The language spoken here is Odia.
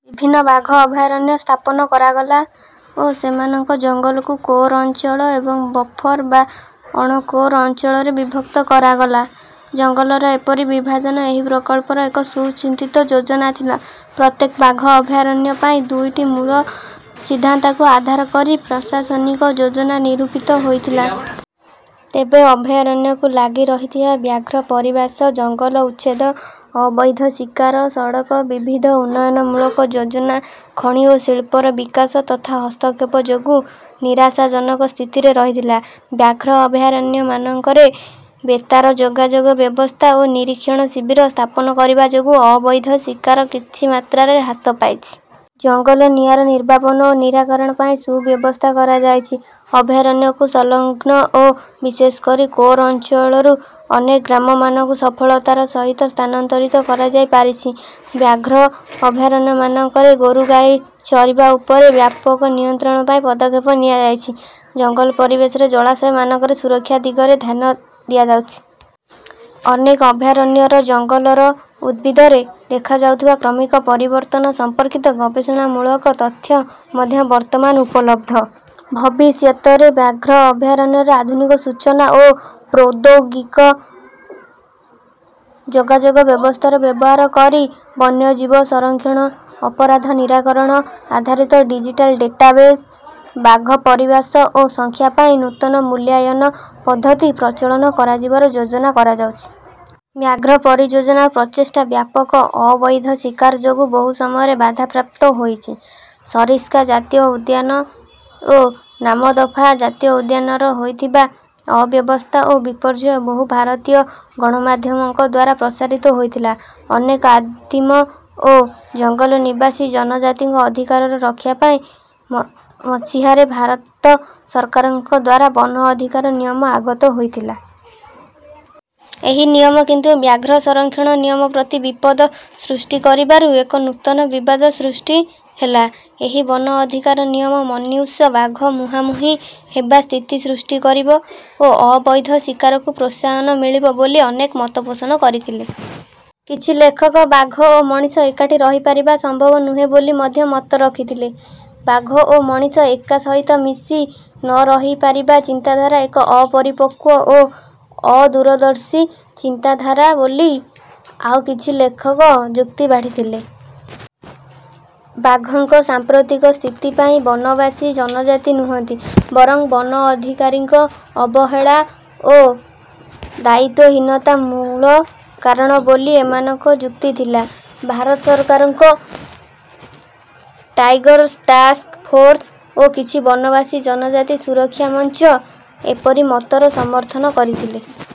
ବିଭିନ୍ନ ବାଘ ଅଭୟାରଣ୍ୟ ସ୍ଥାପନ କରାଗଲା ଓ ସେମାନଙ୍କ ଜଙ୍ଗଲକୁ କୋର୍ ଅଞ୍ଛଳ ଏବଂ ବଫର୍ ବା ଅଣକୋର୍ ଅଞ୍ଚଳରେ ବିଭକ୍ତ କରାଗଲା। ଜଙ୍ଗଲର ଏପରି ବିଭାଜନ ଏହି ପ୍ରକଳ୍ପର ଏକ ସୁଚିନ୍ତିତ ଯୋଜନା ଥିଲା। ପ୍ରତ୍ୟେକ ବାଘ ଅଭୟାରଣ୍ୟ ପାଇଁ ଦୁଇଟି ମୂଳ ସିଦ୍ଧାନ୍ତକୁ ଆଧାର କରି ପ୍ରଶାସନିକ ଯୋଜନା ନିରୂପିତ ହୋଇଥିଲା। ତେବେ ଅଭୟାରଣ୍ୟକୁ ଲାଗି ରହିଥିବା ବ୍ୟାଘ୍ର ପରିବାସ ଜଙ୍ଗଲ ଉଚ୍ଛେଦ, ଅବୈଧ ଶିକାର, ସଡ଼କ, ବିବିଧ ଉନ୍ନୟନମୂଳକ ଯୋଜନା, ଖଣି ଓ ଶିଳ୍ପର ବିକାଶ ତଥା ହସ୍ତକ୍ଷେପ ଯୋଗୁଁ ନିରାଶାଜନକ ସ୍ଥିତିରେ ରହିଥିଲା। ବ୍ୟାଘ୍ର ଅଭୟାରଣ୍ୟମାନଙ୍କରେ ବେତାର ଯୋଗାଯୋଗ ବ୍ୟବସ୍ଥା ଓ ନିରୀକ୍ଷଣ ଶିବିର ସ୍ଥାପନ କରିବା ଯୋଗୁଁ ଅବୈଧ ଶିକାର କିଛି ମାତ୍ରାରେ ହ୍ରାସ ପାଇଛି। ଜଙ୍ଗଲ ନିଆଁର ନିର୍ବାପନ ଓ ନିରାକରଣ ପାଇଁ ସୁବ୍ୟବସ୍ଥା କରାଯାଇଛି। ଅଭୟାରଣ୍ୟକୁ ସଂଲଗ୍ନ ଓ ବିଶେଷ କରି କୋର୍ ଅଞ୍ଚଳରୁ ଅନେକ ଗ୍ରାମମାନଙ୍କୁ ସଫଳତାର ସହିତ ସ୍ଥାନାନ୍ତରିତ କରାଯାଇପାରିଛି। ବ୍ୟାଘ୍ର ଅଭୟାରଣ୍ୟମାନଙ୍କରେ ଗୋରୁଗାଈ ଚରିବା ଉପରେ ବ୍ୟାପକ ନିୟନ୍ତ୍ରଣ ପାଇଁ ପଦକ୍ଷେପ ନିଆଯାଇଛି। ଜଙ୍ଗଲ ପରିବେଶରେ ଜଳାଶୟମାନଙ୍କ ସୁରକ୍ଷା ଦିଗରେ ଧ୍ୟାନ ଦିଆଯାଉଛି। ଅନେକ ଅଭୟାରଣ୍ୟର ଜଙ୍ଗଲର ଉଦ୍ଭିଦରେ ଦେଖାଯାଉଥିବା କ୍ରମିକ ପରିବର୍ତ୍ତନ ସମ୍ପର୍କିତ ଗବେଷଣାମୂଳକ ତଥ୍ୟ ମଧ୍ୟ ବର୍ତ୍ତମାନ ଉପଲବ୍ଧ। ଭବିଷ୍ୟତରେ ବ୍ୟାଘ୍ର ଅଭୟାରଣ୍ୟରେ ଆଧୁନିକ ସୂଚନା ଓ ପ୍ରୌଦ୍ୟୋଗିକ ଯୋଗାଯୋଗ ବ୍ୟବସ୍ଥାର ବ୍ୟବହାର କରି ବନ୍ୟଜୀବ ସଂରକ୍ଷଣ, ଅପରାଧ ନିରାକରଣ, ଆଧାରିତ ଡିଜିଟାଲ୍ ଡେଟାବେସ୍, ବାଘ ପରିବାସ ଓ ସଂଖ୍ୟା ପାଇଁ ନୂତନ ମୂଲ୍ୟାୟନ ପଦ୍ଧତି ପ୍ରଚଳନ କରାଯିବାର ଯୋଜନା କରାଯାଉଛି। ବ୍ୟାଘ୍ର ପରିଯୋଜନାର ପ୍ରଚେଷ୍ଟା ବ୍ୟାପକ ଅବୈଧ ଶିକାର ଯୋଗୁଁ ବହୁ ସମୟରେ ବାଧାପ୍ରାପ୍ତ ହୋଇଛି। ସରିସ୍କା ଜାତୀୟ ଉଦ୍ୟାନ ଓ ନାମଦଫା ଜାତୀୟ ଉଦ୍ୟାନରେ ହୋଇଥିବା ଅବ୍ୟବସ୍ଥା ଓ ବିପର୍ଯ୍ୟୟ ବହୁ ଭାରତୀୟ ଗଣମାଧ୍ୟମଙ୍କ ଦ୍ୱାରା ପ୍ରସାରିତ ହୋଇଥିଲା। ଅନେକ ଆଦିମ ଓ ଜଙ୍ଗଲ ନିବାସୀ ଜନଜାତିଙ୍କ ଅଧିକାରର ରକ୍ଷା ପାଇଁ ମସିହାରେ ଭାରତ ସରକାରଙ୍କ ଦ୍ୱାରା ବନ ଅଧିକାର ନିୟମ ଆଗତ ହୋଇଥିଲା। ଏହି ନିୟମ କିନ୍ତୁ ବ୍ୟାଘ୍ର ସଂରକ୍ଷଣ ନିୟମ ପ୍ରତି ବିପଦ ସୃଷ୍ଟି କରିବାରୁ ଏକ ନୂତନ ବିବାଦ ସୃଷ୍ଟି ହେଲା। ଏହି ବନ ଅଧିକାର ନିୟମ ମନୁଷ୍ୟ-ବାଘ ମୁହାଁମୁହିଁ ହେବା ସ୍ଥିତି ସୃଷ୍ଟି କରିବ ଓ ଅବୈଧ ଶିକାରକୁ ପ୍ରୋତ୍ସାହନ ମିଳିବ ବୋଲି ଅନେକ ମତ ପୋଷଣ କରିଥିଲେ। କିଛି ଲେଖକ ବାଘ ଓ ମଣିଷ ଏକାଠି ରହିପାରିବା ସମ୍ଭବ ନୁହେଁ ବୋଲି ମଧ୍ୟ ମତ ରଖିଥିଲେ। ବାଘ ଓ ମଣିଷ ଏକା ସହିତ ମିଶି ନ ରହିପାରିବା ଚିନ୍ତାଧାରା ଏକ ଅପରିପକ୍ୱ ଓ ଅଦୂରଦର୍ଶୀ ଚିନ୍ତାଧାରା ବୋଲି ଆଉ କିଛି ଲେଖକ ଯୁକ୍ତି ବାଢ଼ିଥିଲେ। ବାଘଙ୍କ ସାମ୍ପ୍ରତିକ ସ୍ଥିତି ପାଇଁ ବନବାସୀ ଜନଜାତି ନୁହନ୍ତି, ବରଂ ବନ ଅଧିକାରୀଙ୍କ ଅବହେଳା ଓ ଦାୟିତ୍ୱହୀନତା ମୂଳ କାରଣ ବୋଲି ଏମାନଙ୍କ ଯୁକ୍ତି ଥିଲା। ଭାରତ ସରକାରଙ୍କ "ଟାଇଗର୍ ଟାସ୍କ ଫୋର୍ସ୍" ଓ କିଛି ବନବାସୀ ଜନଜାତି ସୁରକ୍ଷା ମଞ୍ଚ ଏପରି ମତର ସମର୍ଥନ କରିଥିଲେ।